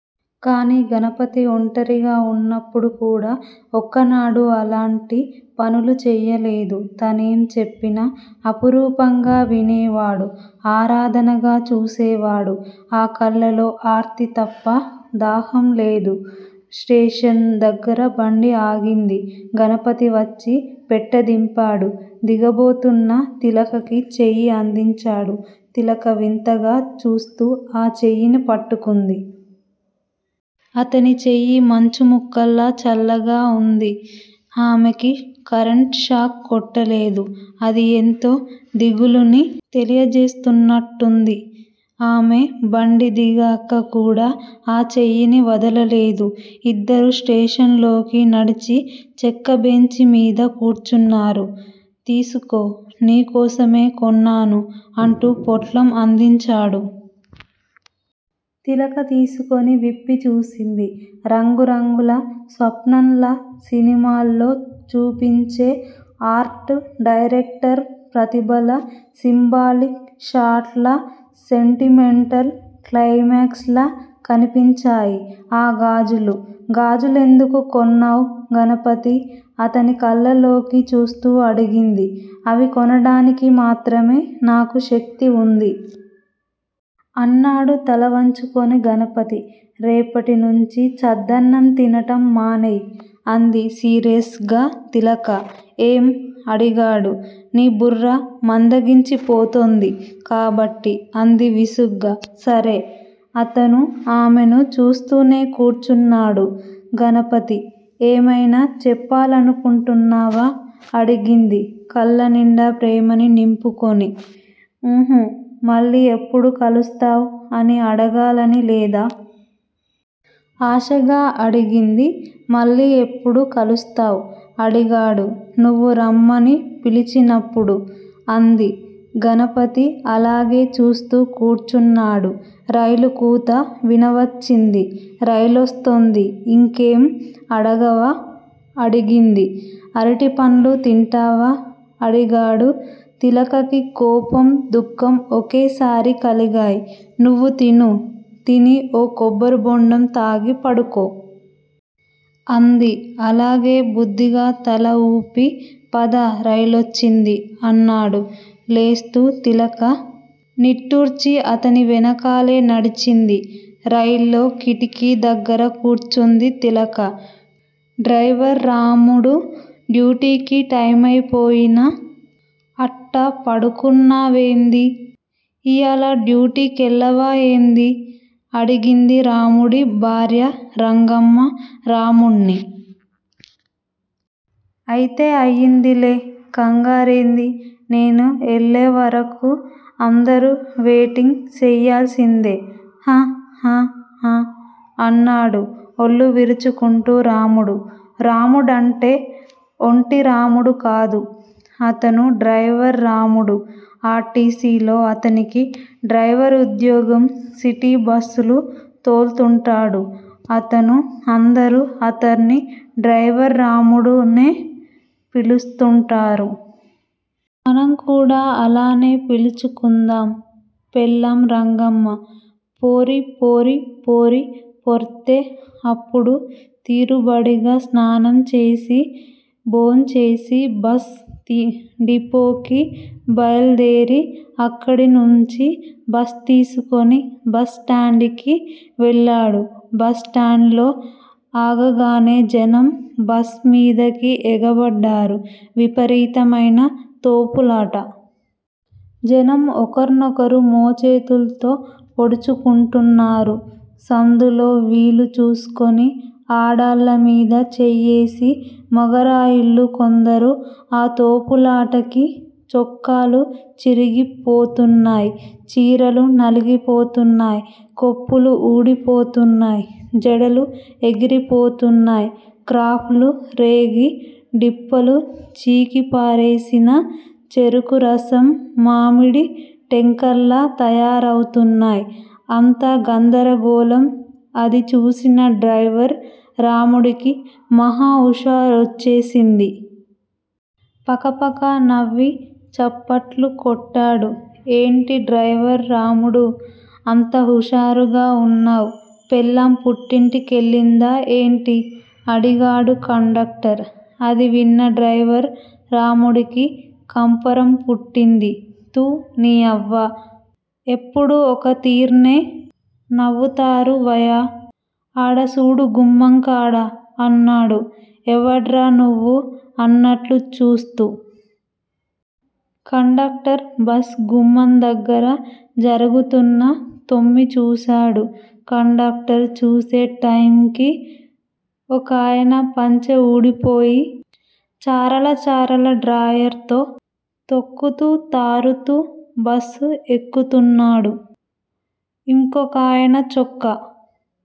కానీ గణపతి ఒంటరిగా ఉన్నప్పుడు కూడా ఒక్కనాడూ అలాంటి పనులు చెయ్యలేదు. తనేం చెప్పినా అపురూపంగా వినేవాడు! ఆరాధనగా చూసేవాడు. ఆ కళ్ళల్లో ఆర్తి తప్ప దాహం లేదు! స్టేషన్ దగ్గర బండి ఆగింది. గణపతివచ్చి పెట్టె దింపాడు. దిగబోతున్న తిలకకి చెయ్యి అందించాడు. తిలక వింతగా చూస్తూ ఆ చేయిని పట్టుకుంది. అతని చెయ్యి మంచుముక్కలా చల్లగా ఉంది. ఆమెకి కరెంట్ షాక్ కొట్టలేదు. అది యెంతో దిగులుని తెలియజేస్తున్నట్టుంది. ఆమె బండి దిగాక కూడా ఆ చేతిని వదలలేదు. ఇద్దరూ స్టేషన్ లోకి నడిచి చెక్క బెంచీ మీద కూర్చున్నారు. తీసుకో నీ కోసమే కొన్నాను అంటూ పొట్లం అందించాడు. తిలక తీసుకుని విప్పి చూసింది. రంగురంగుల స్వప్నాల్లా సినిమాల్లో చూపించే ఆర్టు డైరెక్టర్ ప్రతిభలా సింబాలిక్ షాట్ లా సెంటిమెంటల్ క్లైమాక్స్ లా కనిపించాయి ఆ గాజులు! గాజులెందుకు కొన్నావు గణపతీ! అతని కళ్ళల్లోకి చూస్తూ అడిగింది. అవి కొనడానికి మాత్రమే నాకు శక్తి ఉంది! అన్నాడు తలవంచుకుని. గణపతీ! రేపటినుంచీ చద్దన్నం తినడం మానెయ్యి! అంది సీరియస్ గా తిలక. ఏం? అడిగాడు. నీ బుర్ర మందగించిపోతోంది కాబట్టి! అంది విసుగ్గా. సరే! అతను ఆమెను చూస్తూనే కూర్చున్నాడు. గణపతీ! ఏమైనా చెప్పాలనుకుంటున్నావా? అడిగింది కళ్ళనిండా ప్రేమని నింపుకుని. ఊహుఁ. మళ్ళీ ఎప్పుడు కలుస్తావూ అని అడగాలని లేదా? ఆశగా అడిగింది. మళ్ళీ ఎప్పుడు కలుస్తావూ? అడిగాడు. నువ్వు రమ్మని పిలిచినప్పుడు! అంది. గణపతి అలాగే చూస్తూ కూర్చున్నాడు. రైలు కూత వినవచ్చింది. రైలొస్తోంది. ఇంకేం అడగవా? అడిగింది. అరటిపండ్లు తింటావా? అడిగాడు. తిలకకి కోపం, దుఃఖం ఒకేసారి కలిగాయి. నువ్వు తిను తిని, ఓ కొబ్బరి బోండాం తాగి పడుకో! అంది. అలాగే! బుద్దిగా తల ఊపి, పద రైలొచ్చింది! అన్నాడు లేస్తూ. తిలక నిట్టూర్చి అతని వెనకాలే నడిచింది. రైల్లో కిటికీ దగ్గర కూర్చుంది తిలక. డ్రైవర్ రాముడు డ్యూటీకి టైమైపోయినా అట్టా పడుకున్నావేంది. ఈయాల డ్యూటీకెళ్ళవా ఏంది? అడిగింది రాముడి భార్య రంగమ్మ రాముడ్ని. అయితే అయిందిలే కంగారేంది? నేను ఎల్లేవర్కూ అందరూ వెయిటింగ్ సెయ్యాల్సిందే! హ హ హ అన్నాడు ఒళ్లు విరుచుకుంటూ రాముడు. రాముడంటే ఒట్టి రాముడు కాదు అతను, డ్రైవర్ రాముడు. ఆర్టీసిలో అతనికి డ్రైవర్ ఉద్యోగం. సిటీ బస్సులు తోల్తుంటాడు అతను. అందరూ అతడ్ని డ్రైవర్ రాముడునే పిలుస్తుంటారు. మనం కూడా అలానే పిల్చుకుందాం. పెళ్లాం రంగమ్మ పోరీ పోరీ పోరీ పోర్తే అప్పుడు తీరుబడిగా స్నానం చేసి, భోంచేసి బస్సు డిపోకి బయలుదేరి అక్కడినుండి బస్సు తీస్కుని బస్సు స్టాండుకి వెళ్ళాడు బస్సు స్టాపులో ఆగగానే జనం బస్సు మీదికి ఎగబడ్డారు. విపరీతమైన తోపులాట! జనం ఒకర్నొకరు మోచేతుల్తో పొడుచుకుంటున్నారు సందులో వీలు చూస్కుని ఆడాళ్ళ మీద చెయ్యేసి మగరాయుళ్ళు కొందరు! ఆ తోపులాటకి చొక్కాలు చిరిగి పోతున్నాయ్. చీరలు నగిలి పోతున్నాయ్. కొప్పులు ఊడి పోతున్నాయ్ జడలు ఎగిరి పోతున్నాయ్ క్రాపులు రేగి, డిప్పలు చీకి పారేసిన చెరుకు రసం మామిడి టెంకల్లా తయారవుతున్నాయ్ అంతా గందరగోళం అది చూసిన డ్రైవర్ రాముడికి మహా హుషారోచ్చేసింది. పకపకా నవ్వి చప్పట్లు కొట్టాడు. ఏంటి డ్రైవర్ రాముడూ అంత హుషారుగా ఉన్నావ్? పెళ్లాం పుట్టింటికెళ్ళిందా ఏంటి? అడిగాడు కండక్టర్. అది విన్న డ్రైవర్ రాముడికి కంపరం పుట్టింది. థూ నియవ్వ? ఎప్పుడూ ఒక్క తీర్నే నవ్వుతార్ వయ్య? ఆడ సూడు గుమ్మంకాడ అన్నాడు ఎవడ్రా నువ్వూ అన్నట్టు చూస్తూ. కండక్టర్ బస్సు గుమ్మం దగ్గర జరుగుతున్న దొమ్మీ చూశాడు. కండక్టర్ చూసే టైంకి ఒకాయన పంచె ఊడిపోయి, చారల చారల డ్రాయరుతో తొక్కుతూ తారుతూ బస్సు ఎక్కుతున్నాడు. ఇంకొకయన చొక్కా